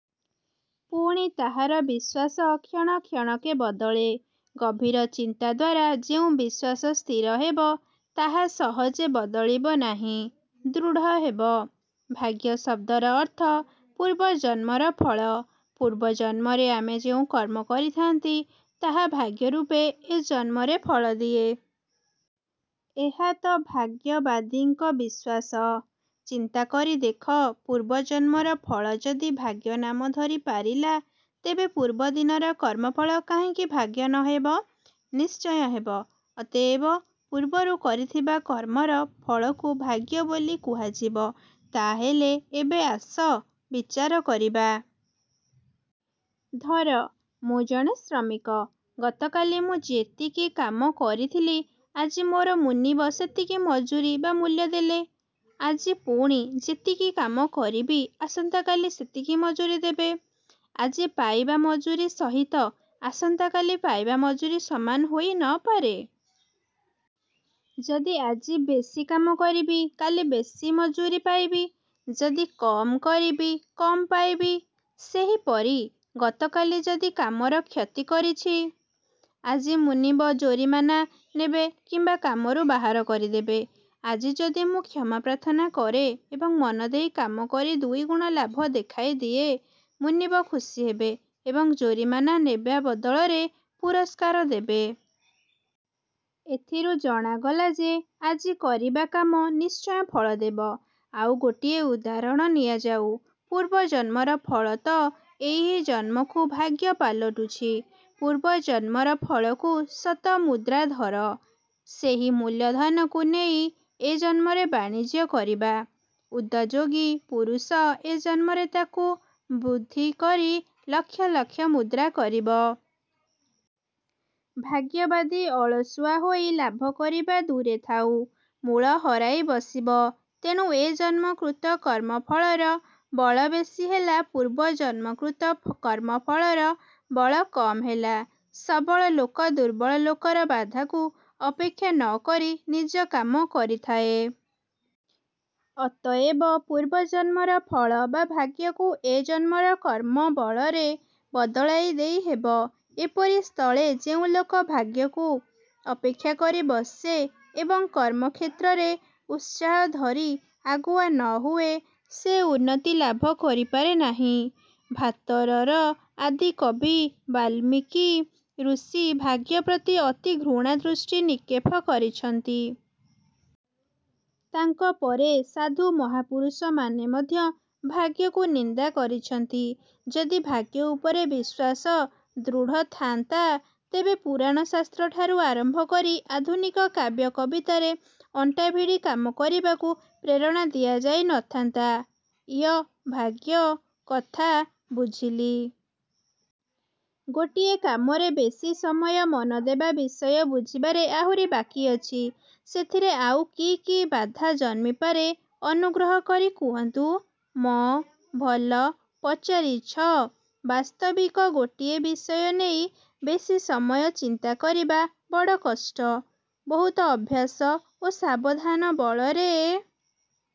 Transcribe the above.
ପୁଣି ତାହାର ବିଶ୍ଵାସ କ୍ଷଣ କ୍ଷଣକେ ବଦଳେ। ଗଭୀର ଚିନ୍ତା ଦ୍ଵାରା ଯେଉଁ ବିଶ୍ଵାସ ସ୍ଥିର ହେବ, ତାହା ସହଜେ ବଦଳିବ ନାହିଁ; ଦୃଢ଼ ହେବ। ଭାଗ୍ୟ ଶବ୍ଦର ଅର୍ଥ ପୂର୍ବଜନ୍ମର ଫଳ। ପୂର୍ବଜନ୍ମରେ ଆମେ ଯେଉଁ କର୍ମ କରିଥାନ୍ତି, ତାହା ଭାଗ୍ୟରୂପେ ଏ ଜନ୍ମରେ ଫଳ ଦିଏ। ଏହାତ ଭାଗ୍ୟବାଦୀଙ୍କ ବିଶ୍ଵାସ। ଚିନ୍ତା କରି ଦେଖ; ପୂର୍ବଜନ୍ମର ଫଳ ଯଦି ଭାଗ୍ୟ ନାମ ଧରି ପାରିଲା ତେବେ ପୂର୍ବ ଦିନର କର୍ମଫଳ କାହିଁକି ଭାଗ୍ୟ ନ ହେବ? ନିଶ୍ଚୟ ହେବ। ଅତଏବ ପୂର୍ବରୁ କରିଥିବା କର୍ମର ଫଳକୁ ଭାଗ୍ୟ ବୋଲି କୁହାଯିବ। ତାହାହେଲେ ଏବେ ଆସ, ବିଚାର କରିବା। ଧର, ମୁଁ ଜଣେ ଶ୍ରମିକ। ଗତକାଲି ମୁଁ ଯେତିକି କାମ କରିଥିଲି, ଆଜି ମୋର ମୁନିବ ସେତିକି ମଜୁରୀ ବା ମୂଲ୍ୟ ଦେଲେ। ଆଜି ପୁଣି ଯେତିକି କାମ କରିବି, ଆସନ୍ତାକାଲି ସେତିକି ମଜୁରୀ ଦେବେ। ଆଜି ପାଇବା ମଜୁରୀ ସହିତ ଆସନ୍ତାକାଲି ପାଇବା ମଜୁରୀ ସମାନ ହୋଇ ନ ପାରେ। ଯଦି ଆଜି ବେଶୀ କାମ କରିବି, କାଲି ବେଶୀ ମଜୁରୀ ପାଇବି। ଯଦି କମ୍ କରିବି, କମ୍ ପାଇବି। ସେହିପରି ଗତକାଲି ଯଦି କାମର କ୍ଷତି କରିଛି, ଆଜି ମୁନିବ ଜୋରିମାନା ନେବେ କିମ୍ବା କାମରୁ ବାହାର କରିଦେବେ। ଆଜି ଯଦି ମୁଁ କ୍ଷମା ପ୍ରାର୍ଥନା କରେ ଏବଂ ମନଦେଇ କାମ କରି ଦୁଇ ଗୁଣ ଲାଭ ଦେଖାଇ ଦିଏ, ମୁନିବ ଖୁସି ହେବେ ଏବଂ ଜୋରିମାନା ନେବା ବଦଳରେ ପୁରସ୍କାର ଦେବେ। ଏଥିରୁ ଜଣାଗଲା ଯେ, ଆଜି କରିବା କାମ ନିଶ୍ଚୟ ଫଳ ଦେବ। ଆଉ ଗୋଟିଏ ଉଦାହରଣ ନିଆଯାଉ। ପୂର୍ବଜନ୍ମର ଫଳ ତ ଏହି ଜନ୍ମକୁ ଭାଗ୍ୟ ପାଲଟୁଛି। ପୂର୍ବଜନ୍ମର ଫଳକୁ ଶତ ମୁଦ୍ରା ଧର। ସେହି ମୂଳଧନକୁ ନେଇ ଏ ଜନ୍ମରେ ବାଣିଜ୍ୟ କରିବା। ଉଦଯୋଗୀ ପୁରୁଷ ଏ ଜନ୍ମରେ ତାକୁ ବୃଦ୍ଧି କରି ଲକ୍ଷ ଲକ୍ଷ ମୁଦ୍ରା କରିବ। ଭାଗ୍ୟବାଦୀ ଅଳସୁଆ ହୋଇ ଲାଭ କରିବା ଦୂରେ ଥାଉ ମୂଳ ହରାଇ ବସିବ। ତେଣୁ ଏ ଜନ୍ମକୃତ କର୍ମଫଳର ବଳ ବେଶୀ ହେଲା। ପୂର୍ବ ଜନ୍ମକୃତ କର୍ମଫଳର ବଳ କମ୍ ହେଲା। ସବଳ ଲୋକ ଦୁର୍ବଳ ଲୋକର ବାଧାକୁ ଅପେକ୍ଷା ନ କରି ନିଜ କାମ କରିଯାଏ। ଅତଏବ ପୂର୍ବଜନ୍ମର ଫଳ ବା ଭାଗ୍ୟକୁ ଏ ଜନ୍ମର କର୍ମ ବଳରେ ବଦଳାଇ ଦେଇହେବ। ଏପରି ସ୍ଥଳେ ଯେଉଁ ଲୋକ ଭାଗ୍ୟକୁ। ଅପେକ୍ଷା କରି ବସେ ଏବଂ କର୍ମକ୍ଷେତ୍ରରେ ଉତ୍ସାହ ଧରି ଆଗୁଆ ନ ହୁଏ, ସେ ଉନ୍ନତି ଲାଭ କରିପାରେ ନାହିଁ। ଭାତରର ଆଦିକବି ବାଲ୍ମୀକି ଋଷି ଭାଗ୍ୟ ପ୍ରତି ଅତି ଘୃଣା ଦୃଷ୍ଟି ନିକ୍ଷେପ କରିଛନ୍ତି। ତାଙ୍କ ପରେ ସାଧୁ ମହାପୁରୁଷମାନେ ମଧ୍ୟ ଭାଗ୍ୟକୁ ନିନ୍ଦା କରିଛନ୍ତି। ଯଦି ଭାଗ୍ୟ ଉପରେ ବିଶ୍ଵାସ ଦୃଢ଼ ଥାନ୍ତା, ତେବେ ପୁରାଣ ଶାସ୍ତ୍ର ଠାରୁ ଆରମ୍ଭ କରି ଆଧୁନିକ କାବ୍ୟ କବିତାରେ ଅଣ୍ଟା ଭିଡ଼ି କାମ କରିବାକୁ ପ୍ରେରଣା ଦିଆଯାଇ ନ ଥାନ୍ତା-। ୟ-ଭାଗ୍ୟ କଥା ବୁଝିଲି। ଗୋଟିଏ କାମରେ ବେଶୀ ସମୟ ମନ ଦେବା ବିଷୟ ବୁଝିବାରେ ଆହୁରି ବାକି ଅଛି। ସେଥିରେ ଆଉ କି କି ବାଧା ଜନ୍ମିପାରେ ଅନୁଗ୍ରହ କରି କହନ୍ତୁ। ମ-ଭଲ ପଚାରିଛ। ବାସ୍ତବିକ ଗୋଟିଏ ବିଷୟ ନେଇ ବେଶୀ ସମୟ ଚିନ୍ତା କରିବା ବଡ଼ କଷ୍ଟ। ବହୁତ ଅଭ୍ୟାସ ଓ ସାବଧାନ ବଳରେ